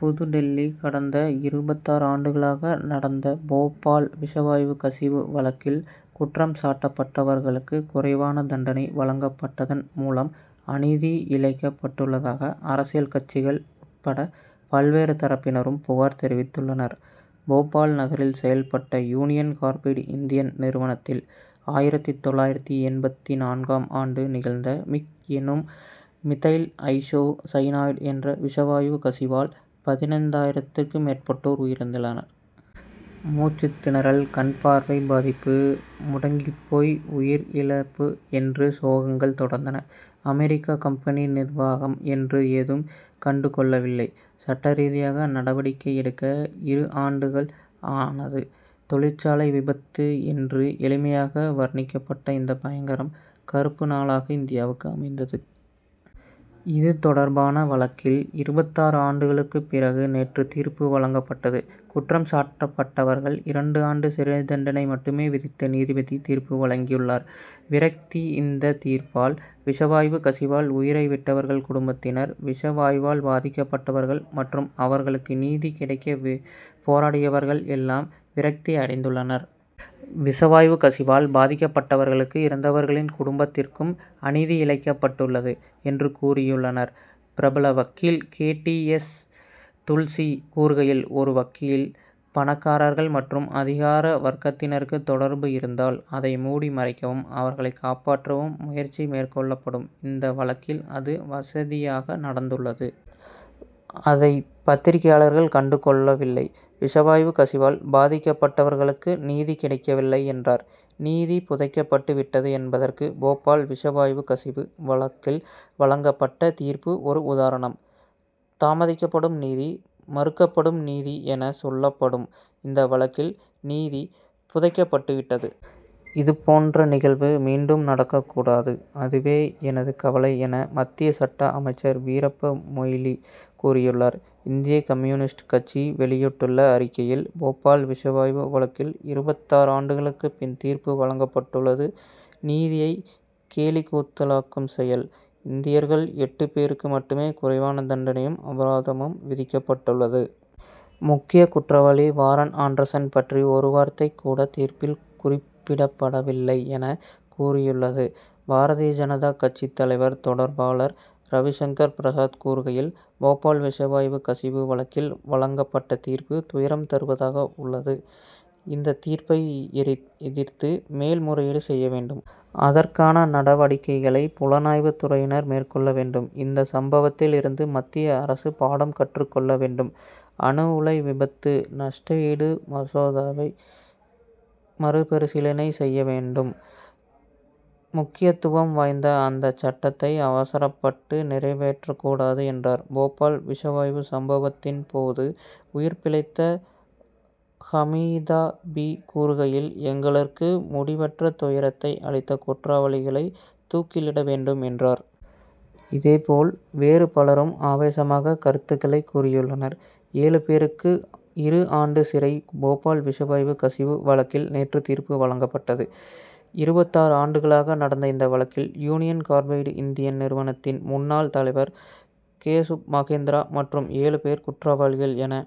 புதுடில்லி கடந்த இருபத்தாறு ஆண்டுகளாக நடந்தபோபால் விஷவாயு கசிவு வழக்கில், குற்றம் சாட்டப்பட்டவர்களுக்கு குறைவான தண்டனை வழங்கப்பட்டதன் மூலம் அநீதி இழைக்கப் பட்டுள்ளதாக அரசியல் கட்சிகள் உட்பட பல்வேறு தரப்பினரும் புகார் தெரிவித்துள்ளனர். போபால் நகரில் செயல் பட்ட யூனியன் கார்பைடு இந்தியா நிறுவனத்தில், ஆயிரத்து தொள்ளாயிரத்து எண்பத்து நான்காம் ஆண்டு நிகழ்ந்த, மிக் என்னும் மிதைல் ஐசோ சயனைடு என்ற விஷவாயு கசிவால், பதினைந்தாயிரத்திற்கும் மேற்பட்டோர் உயிரிழந்தனர். மூச்சுத்திணறல், கண் பார்வை பாதிப்பு, முடங்கிப் போய் உயிர்இழப்பு என்று சோகங்கள் தொடர்ந்தன. அமெரிக்க கம்பெனி நிர்வாகம் அன்று ஏதும் கண்டு கொள்ளவில்லை. சட்டரீதியாக நடவடிக்கை எடுக்க இரு ஆண்டுகள் ஆனது. தொழிற்சாலை விபத்து என்று எளிமையாக வர்ணிக்கப்பட்ட இந்த பயங்கரம், கறுப்பு நாளாக இந்தியாவுக்கு அமைந்தது. இதுதொடர்பான வழக்கில் இருபத்தாறு ஆண்டுகளுக்கு பிறகு நேற்று தீர்ப்பு வழங்கப் பட்டது. குற்றம் சாட்டப் பட்டவர்களுக்கு இரண்டு ஆண்டு சிறைத் தண்டனை மட்டுமே விதித்து நீதிபதி தீர்ப்பு வழங்கியுள்ளார். விரக்தி இந்த தீர்ப்பால், விஷவாயு கசிவால் உயிரை விட்டவர்களின் குடும்பத் தினர், விஷவாயுவால் பாதிக்கப்பட்டவர்கள் மற்றும் அவர்களுக்கு நீதி கிடைக்க போராடியவர்கள் எல்லாம் விரக்தி அடைந்துள்ளனர். விஷவாயு கசிவால் பாதிக்கப் பட்டவர்களுக்கும், இறந்தவர்களின் குடும்பத்திற்கும் அநீதிஇழைக்கப் பட்டுள்ளது என்று கூறியுள்ளனர். பிரபலவக்கீல் கே. டி. எஸ். துல்சி கூறுகையில், ஒரு வழக்கில் பணக்காரர்கள் மற்றும் அதிகார வர்க்கத்தினருக்கு தொடர்பு இருந்தால், அதை மூடி மறைக்கவும், அவர்களை காப்பாற்றவும் முயற்சி மேற்கொள்ளப்படும். இந்த வழக்கில் அது வசதியாக நடந்துள்ளது. அதைப் பத்திரிகைகள் கண்டு கொள்ளவில்லை. விஷவாயு கசிவால் பாதிக்கப்பட்டவர்களுக்கு நீதி கிடைக்கவில்லை என்றார். நீதி புதைக்கப்பட்டு விட்டது என்பதற்கு போபால் விஷவாயு கசிவு வழக்கில் வழங்கப்பட்ட தீர்ப்பு ஒரு உதாரணம். தாமதிக்கப்படும் நீதி, மறுக்கப்படும் நீதி என, சொல்லப்படும். இந்த வழக்கில் நீதி புதைக்கப் பட்டு விட்டது. இதுபோன்ற நிகழ்வு மீண்டும் நடக்கக் கூடாது. அதுவே எனது கவலை என, மத்திய சட்ட அமைச்சர் வீரப்ப மொய்லி கூறியுள்ளார். இந்திய கம்யூனிஸ்ட் கட்சி வெளியிட்டுள்ள அறிக்கையில், போபால் விஷவாயு வழக்கில் இருபத்தாறு ஆண்டுகளுக்குப் பின் தீர்ப்புவழங்கப் பட்டுள்ளது நீதியை கேலிக் கூத்தாக்கும் செயல். இந்தியர்கள் எட்டு பேருக்கு மட்டுமே குறைவான தண்டனையும், அபராதமும் விதிக்கப்பட்டுள்ளது. முக்கிய குற்றவாளி வாரன் ஆண்டர்சன் பற்றி ஒரு வார்த்தை கூட தீர்ப்பில் குறிப்பிடப்படவில்லை என, கூறியுள்ளது. பாரதிய ஜனதா கட்சி தகவல் தொடர்பாளர் ரவிசங்கர் பிரசாத் கூறுகையில், போபால் விஷவாயு கசிவு வழக்கில் வழங்கப்பட்ட தீர்ப்பு துயரம் தருவதாக உள்ளது. இந்தத் தீர்ப்பை எதிர்த்து மேல் முறையீடு செய்ய வேண்டும். அதற்கான நடவடிக்கைகளை புலனாய்வுத் துறையினர் மேற்கொள்ள வேண்டும். இந்த சம்பவத்தில் இருந்து மத்திய அரசு பாடம் கற்றுக் கொள்ள வேண்டும். அணு உலை விபத்து நஷ்டஈடு மசோதாவை மறுபரிசீலனை செய்ய வேண்டும். முக்கியத்துவம் வாய்ந்த அந்தச் சட்டத்தை அவசரப்பட்டு நிறைவேற்றக் கூடாது என்றார். போபால் விஷவாயு சம்பவத்தின் போது, உயிர் பிழைத்த ஹமீதா பீ கூறுகையில், எங்களுக்கு முடிவற்ற துயரத்தை அளித்த குற்றவாளிகளை தூக்கிலிட வேண்டும் என்றார். இதேபோல், வேறு பலரும் ஆவேசமான கருத்துக்களைக் கூறியுள்ளனர். ஏழு பேருக்கு இரு ஆண்டு சிறை போபால் விஷவாயு கசிவு வழக்கில் நேற்று தீர்ப்பு வழங்கப்பட்டது. இருபத்தாறு ஆண்டுகளாக நடந்த இந்த வழக்கில், யூனியன் கார்பைடு இந்தியா நிறுவனத்தின் முன்னாள் தலைவர் கேசுப் மகேந்திரா மற்றும் ஏழு பேர் குற்றவாளிகள் என,